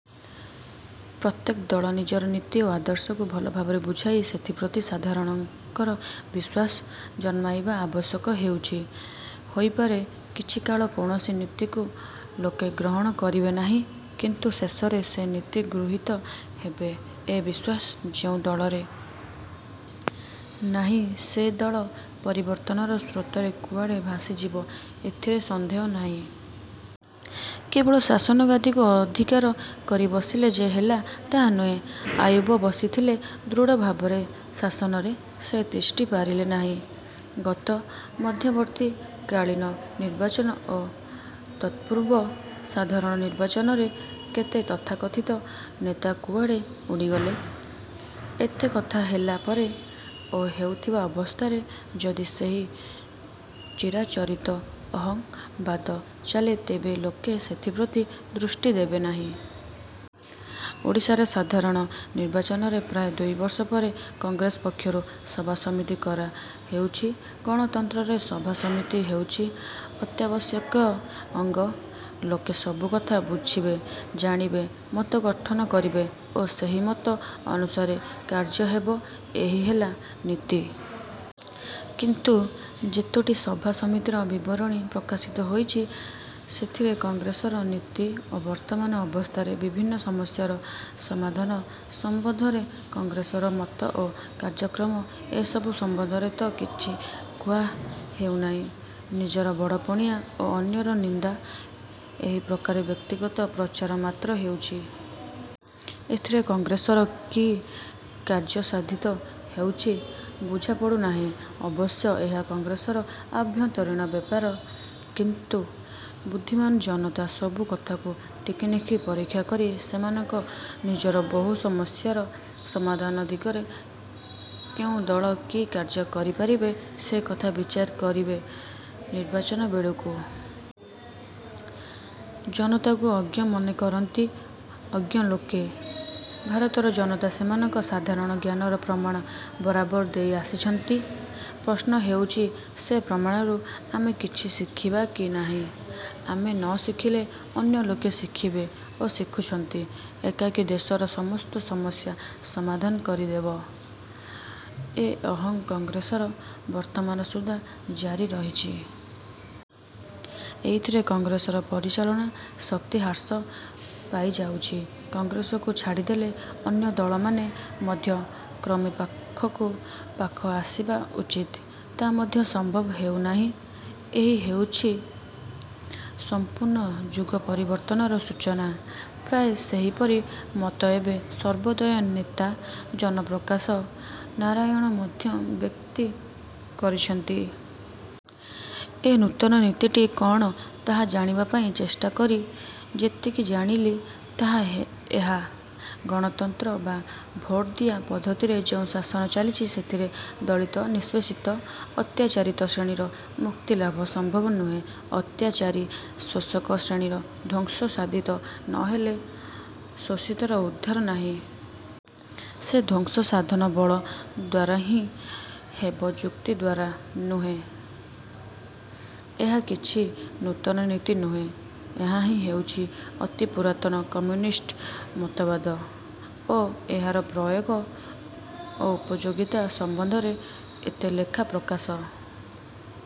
ପ୍ରତ୍ୟେକ ଦଳ ନିଜର ନୀତି ଓ ଆଦର୍ଶକୁ ଭଲ ଭାବରେ ବୁଝାଇ ସେଥିପ୍ରତି ସାଧାରଣଙ୍କର ବିଶ୍ୱାସ ଜନ୍ମାଇବା ଆବଶ୍ୟକ ହେଉଛି। ହୋଇପାରେ କିଛିକାଳ କୌଣସି ନୀତିକୁ ଲୋକେ ଗ୍ରହଣ କରିବେ ନାହିଁ। କିନ୍ତୁ ଶେଷରେ ସେ ନୀତି ଗୃହୀତ ହେବ ଏ ବିଶ୍ୱାସ ଯେଉଁ ଦଳର ନାହିଁ ସେ ଦଳ ପରିବର୍ତ୍ତନର ସ୍ରୋତରେ କୁଆଡ଼େ ଭାସିଯିବ ଏଥିରେ ସନ୍ଦେହ ନାହିଁ। କେବଳ ଶାସନ ଗାଦିକୁ ଅଧିକାର କରି ବସିଲେ ଯେ ହେଲା ତାହା ନୁହେଁ। ଆୟୁବ ବସିଥିଲେ ଦୃଢ ଭାବରେ ଶାସନରେ। ସେ ତିଷ୍ଠି ପାରିଲେ ନାହିଁ। ଗତ ମଧ୍ୟବର୍ତ୍ତୀକାଳୀନ ନିର୍ବାଚନ ଓ ତତ୍ପୂର୍ବ ସାଧାରଣ ନିର୍ବାଚନରେ କେତେ ତଥାକଥିତ ନେତା କୁଆଡ଼େ ଉଡ଼ିଗଲେ-। ଏତେ କଥା ହେଲା ପରେ ଓ ହେଉଥିବା ଅବସ୍ଥାରେ ଯଦି ସେହି ଚିରାଚରିତ 'ଅହଂ' ବାଦ ଚାଲେ ତେବେ ଲୋକେ ସେଥିପ୍ରତି ଦୃଷ୍ଟି ଦେବେ ନାହିଁ। ଓଡ଼ିଶାରେ ସାଧାରଣ ନିର୍ବାଚନରେ ପ୍ରାୟ ଦୁଇବର୍ଷ ପରେ କଂଗ୍ରେସ ପକ୍ଷରୁ ସଭାସମିତି କରାହେଉଛି। ଗଣତନ୍ତ୍ରରେ ସଭା ସମିତି ହେଉଛି ଅତ୍ୟାବଶ୍ୟକୀୟ ଅଙ୍ଗ। ଲୋକେ ସବୁ କଥା ବୁଝିବେ, ଜାଣିବେ, ମତ ଗଠନ କରିବେ ଓ ସେହି ମତ ଅନୁସାରେ କାର୍ଯ୍ୟ ହେବ ଏହି ହେଲା ନୀତି। କିନ୍ତୁ ଯେତୋଟି ସଭା ସମିତିର ବିବରଣୀ ପ୍ରକାଶିତ ହୋଇଛି ସେଥିରେ କଂଗ୍ରେସର ନୀତି ଓ ବର୍ତ୍ତମାନ ଅବସ୍ଥାରେ ବିଭିନ୍ନ ସମସ୍ୟାର ସମାଧାନ ସମ୍ବନ୍ଧରେ କଂଗ୍ରେସର ମତ ଓ କାର୍ଯ୍ୟକ୍ରମ ଏସବୁ ସମ୍ବନ୍ଧରେ ତ କିଛି କୁହା ହେଉନାହିଁ-। ନିଜର ବଡ଼ପଣିଆ ଓ ଅନ୍ୟର ନିନ୍ଦା ଏହି ପ୍ରକାର ବ୍ୟକ୍ତିଗତ ପ୍ରଚାର ମାତ୍ର ହେଉଛି-। ଏଥିରେ କଂଗ୍ରେସର କି କାର୍ଯ୍ୟ ସାଧିତ ହେଉଛି ବୁଝାପଡ଼ୁ ନାହିଁ। ଅବଶ୍ୟ ଏହା କଂଗ୍ରେସର ଆଭ୍ୟନ୍ତରୀଣ ବ୍ୟାପାର। କିନ୍ତୁ ବୁଦ୍ଧିମାନ ଜନତା ସବୁ କଥାକୁ ଟିକିନିଖି ପରୀକ୍ଷା କରି ସେମାନଙ୍କ ନିଜର ବହୁ ସମସ୍ୟାର ସମାଧାନ ଦିଗରେ କେଉଁ ଦଳ କି କାର୍ଯ୍ୟ କରିପାରିବେ ସେ କଥା ବିଚାର କରିବେ ନିର୍ବାଚନ ବେଳକୁ। ଜନତାକୁ ଅଜ୍ଞ ମନେକରନ୍ତି ଅଜ୍ଞ ଲୋକେ, ଭାରତର ଜନତା ସେମାନଙ୍କ ସାଧାରଣ ଜ୍ଞାନର ପ୍ରମାଣ ବରାବର ଦେଇ ଆସିଛନ୍ତି। ପ୍ରଶ୍ନ ହେଉଛି ସେ ପ୍ରମାଣରୁ ଆମେ କିଛି ଶିଖିବା କି ନାହିଁ? ଆମେ ନ ଶିଖିଲେ ଅନ୍ୟ ଲୋକେ ଶିଖିବେ ଓ ଶିଖୁଛନ୍ତି। ଏକାକୀ ଦେଶର ସମସ୍ତ ସମସ୍ୟା ସମାଧାନ କରିଦେବ, ଏ 'ଅହଂ' କଂଗ୍ରେସର ବର୍ତ୍ତମାନ ସୁଦ୍ଧା ଜାରି ରହିଛି-। ଏଇଥିରେ କଂଗ୍ରେସର ପରିଚାଳନା ଶକ୍ତି ହ୍ରାସ ପାଇଯାଉଛି। କଂଗ୍ରେସକୁ ଛାଡ଼ିଦେଲେ ଅନ୍ୟ ଦଳମାନେ ମଧ୍ୟ କ୍ରମେ ପାଖକୁ ପାଖ ଆସିବା ଉଚିତ। ତା ମଧ୍ୟ ସମ୍ଭବ ହେଉ ନାହିଁ। ଏହି ହେଉଛି ସମ୍ପୂର୍ଣ୍ଣ ଯୁଗପରିବର୍ତ୍ତନର ସୂଚନା। ପ୍ରାୟ ସେହିପରି ମତ ଏବେ ସର୍ବୋଦୟ ନେତା ଜୟପ୍ରକାଶ ନାରାୟଣ ମଧ୍ୟ ବ୍ୟକ୍ତି କରିଛନ୍ତି। ଏ ନୂତନ ନୀତିଟି କଅଣ ତାହା ଜାଣିବା ପାଇଁ ଚେଷ୍ଟା କରି ଯେତିକି ଜାଣିଲି ତାହା ଏହା। ଗଣତନ୍ତ୍ର ବା ଭୋଟଦିଆ ପଦ୍ଧତିରେ ଯେଉଁ ଶାସନ ଚାଲିଛି ସେଥିରେ ଦଳିତ, ନିଷ୍ପେଷିତ, ଅତ୍ୟାଚାରିତ ଶ୍ରେଣୀର ମୁକ୍ତିଲାଭ ସମ୍ଭବ ନୁହେଁ। ଅତ୍ୟାଚାରୀ ଶୋଷକ ଶ୍ରେଣୀର ଧ୍ୱଂସ ସାଧିତ ନ ହେଲେ ଶୋଷିତର ଉଦ୍ଧାର ନାହିଁ। ସେ ଧ୍ୱଂସ ସାଧନ ବଳ ଦ୍ୱାରାହିଁ ହେବ ଯୁକ୍ତି ଦ୍ୱାରା ନୁହେଁ। ଏହା କିଛି ନୂତନ ନୀତି ନୁହେଁ। ଏହାହିଁ ହେଉଛି ଅତି ପୁରାତନ କମ୍ୟୁନିଷ୍ଟ ମତବାଦ ଓ ଏହାର ପ୍ରୟୋଗ ଓ ଉପଯୋଗିତା ସମ୍ବନ୍ଧରେ ଏତେ ଲେଖା ପ୍ରକାଶ